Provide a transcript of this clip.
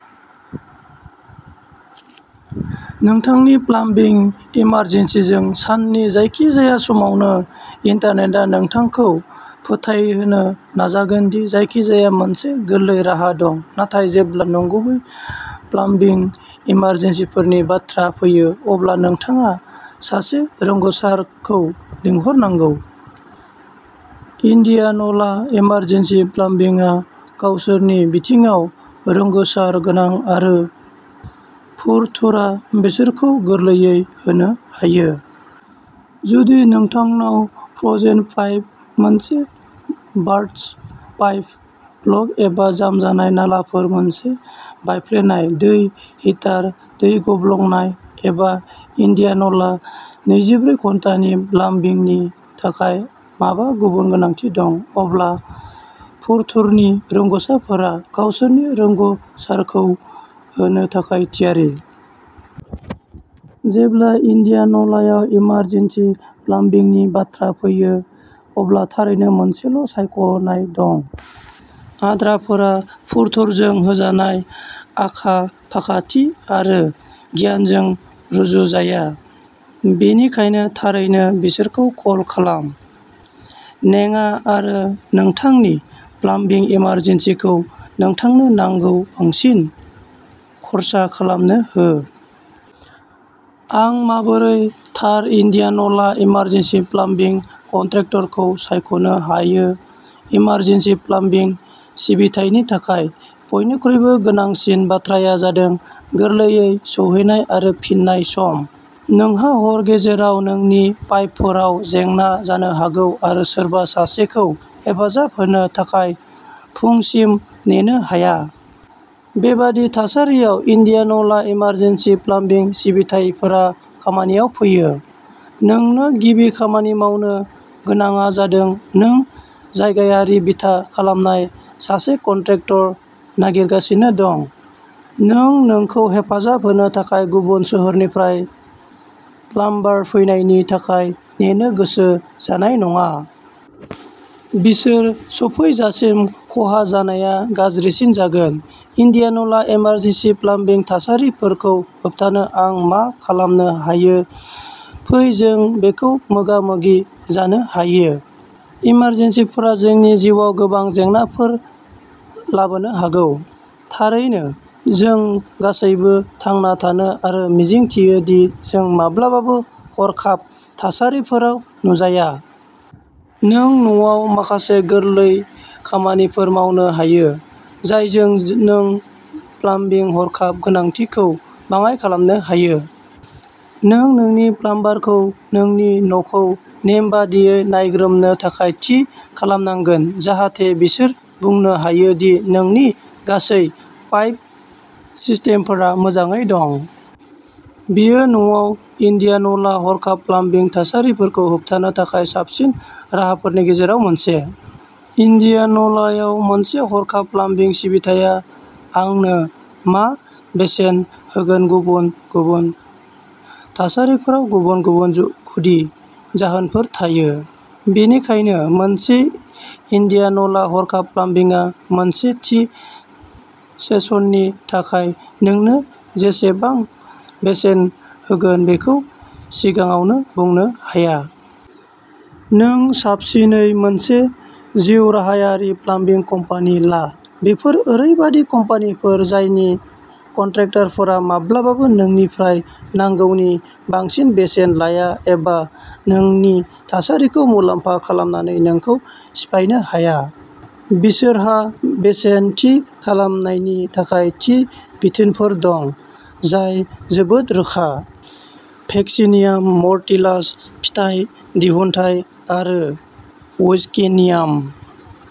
नोंथांनि प्लाम्बिं इमारजेन्सिजों, साननि जायखिजाया समावनो, इन्टारनेटआ नोंथांखौ फोथायहोनो नाजागोन दि जायखिजाया मोनसे गोरलै राहा दं, नाथाय जेब्ला नंगुबै प्लाम्बिं इमारजेन्सिफोरनि बाथ्रा फैयो, अब्ला नोंथाङा सासे रोंग'सारखौ लिंहरनांगौ। इन्डियान'ला इमारजेन्सि प्लाम्बिंआ गावसोरनि बिथिङाव रोंग'सार गोनां, आरो फुरथुरा बिसोरखौ गोरलैयै होनो हायो। जुदि नोंथांनाव फ्र'जेन पाइप, मोनसे बारस्ट पाइप, ब्ल'क्ड एबा जामनाय नालाफोर, मोनसे बायफ्लेनाय दै हिटार, दै गब्लंनाय, एबा इन्डियान' लायाव नैजिब्रै घन्टानि प्लाम्बिंनि थाखाय माबा गुबुन गोनांथि दं, अब्ला फुरथुरनि रोंग'सारफोरा गावसोरनि रोंग' सारखौ होनो थाखाय थियारि। जेब्ला इन्डियान' लायाव इमारजेन्सि प्लाम्बिंनि बाथ्रा फैयो, अब्ला थारैनो मोनसेल' सायख'नाय दं। आद्राफोरा फुरथुरजों होजानाय आखा-फाखाथि आरो गियानजों रुजुजाया, बेनिखायनो थाबैनो बिसोरखौ कल खालाम। नेङा आरो नोंथांनि प्लाम्बिं इमारजेन्सिखौ नोंथांनो नांगौनि बांसिन खर्सा खालामनो हो। आं माबोरै थार इन्डियान'ला इमारजेन्सि प्लाम्बिं कन्ट्रेक्टरखौ सायख'नो हायो इमारजेन्सि प्लाम्बिं सिबिथायनि थाखाय, बयनिख्रुइबो गोनांसिन बाथ्राया जादों गोरलैयै सौहैनाय आरो फिननाय सम। नोंहा हर गेजेराव नोंनि पाइपफोराव जेंना जानो हागौ आरो सोरबा सासेखौ हेफाजाब होनो थाखाय फुंसिम नेनो हाया। बेबादि थासारियाव, इन्डियान'ला इमारजेन्सि प्लाम्बिं सिबिथाइफोरा खामानियाव फैयो। नोंनो गिबि खामानि मावनो गोनांआ जादों नों जायगायारि बिथा खालामनाय सासे कन्ट्रेक्टर नागिरगासिनो दं। नों नोंखौ हेफाजाब होनो थाखाय गुबुन सोहोरनिफ्राय प्लाम्बार फैनायनि थाखाय नेनो गोसो जानाय नङा। बिसोर सौफैजासिम, खहा जानाया गाज्रिसिन जागोन। इन्डियान'ला इमारजेन्सि प्लाम्बिं थासारिफोरखौ होबथानो आं मा खालामनो हायो फै जों बेखौ मोगा-मोगि जानो हायो, इमारजेन्सिफोरा जोंनि जिउआव गोबां जेंनाफोर लाबोनो हागौ। थारैनो, जों गासैबो थांना थायो आरो मिजिंथियो दि जों माब्लाबाबो हरखाब थासारिफोराव नुजाया। नों न'आव माखासे गोरलै खामानिफोर मावनो हायो, जायजों नों प्लाम्बिं हरखाब गोनांथिखौ बाङाइ खालामनो हायो। नों नोंनि प्लाम्बारखौ नोंनि न'खौ नेमबादियै नायग्रोमनो थाखाय थि खालामनांगोन जाहाथे बिसोर बुंनो हायो दि नोंनि गासैबो पाइप सिस्टेमफोरा मोजाङै दं। बेयो न'आव इन्डियान'ला हरखाब प्लाम्बिं थासारिफोरखौ होबथानो थाखाय साबसिन राहाफोरनि गेजेराव मोनसे। इन्डियान' लायाव मोनसे हरखाब प्लाम्बिं सिबिथाया आंनो मा बेसेन होगोन गुबुन गुबुन थासारिफोराव गुबुन गुबुन गुदि जाहोनफोर थायो। बेनिखायनो, मोनसे इन्डियान'ला हरखाब प्लाम्बिंआ मोनसे थि सेसननि थाखाय नोंनो बेसेबां बेसेन होगोन बेखौ सिगाङावनो बुंनो हाया। नों साबसिनै मोनसे जिउराहायारि प्लाम्बिं कम्पानि ला। बेफोर ओरैबायदि कम्पानिफोर जायनि कन्ट्राक्टरफोरा माब्लाबाबो नोंनिफ्राय नांगौनि बांसिन बेसेन लाया एबा नोंनि थासारिखौ मुलाम्फा खालामनानै नोंखौ सिफायनो हाया। बिसोरहा बेसेन थि खालामनायनि थाखाय थि बिथोनफोर दं, जाय जोबोद रोखा। भेक्सिनियाम मर्टिलास फिथाइ दिहुनथाय आरो वैक्सीनियाम।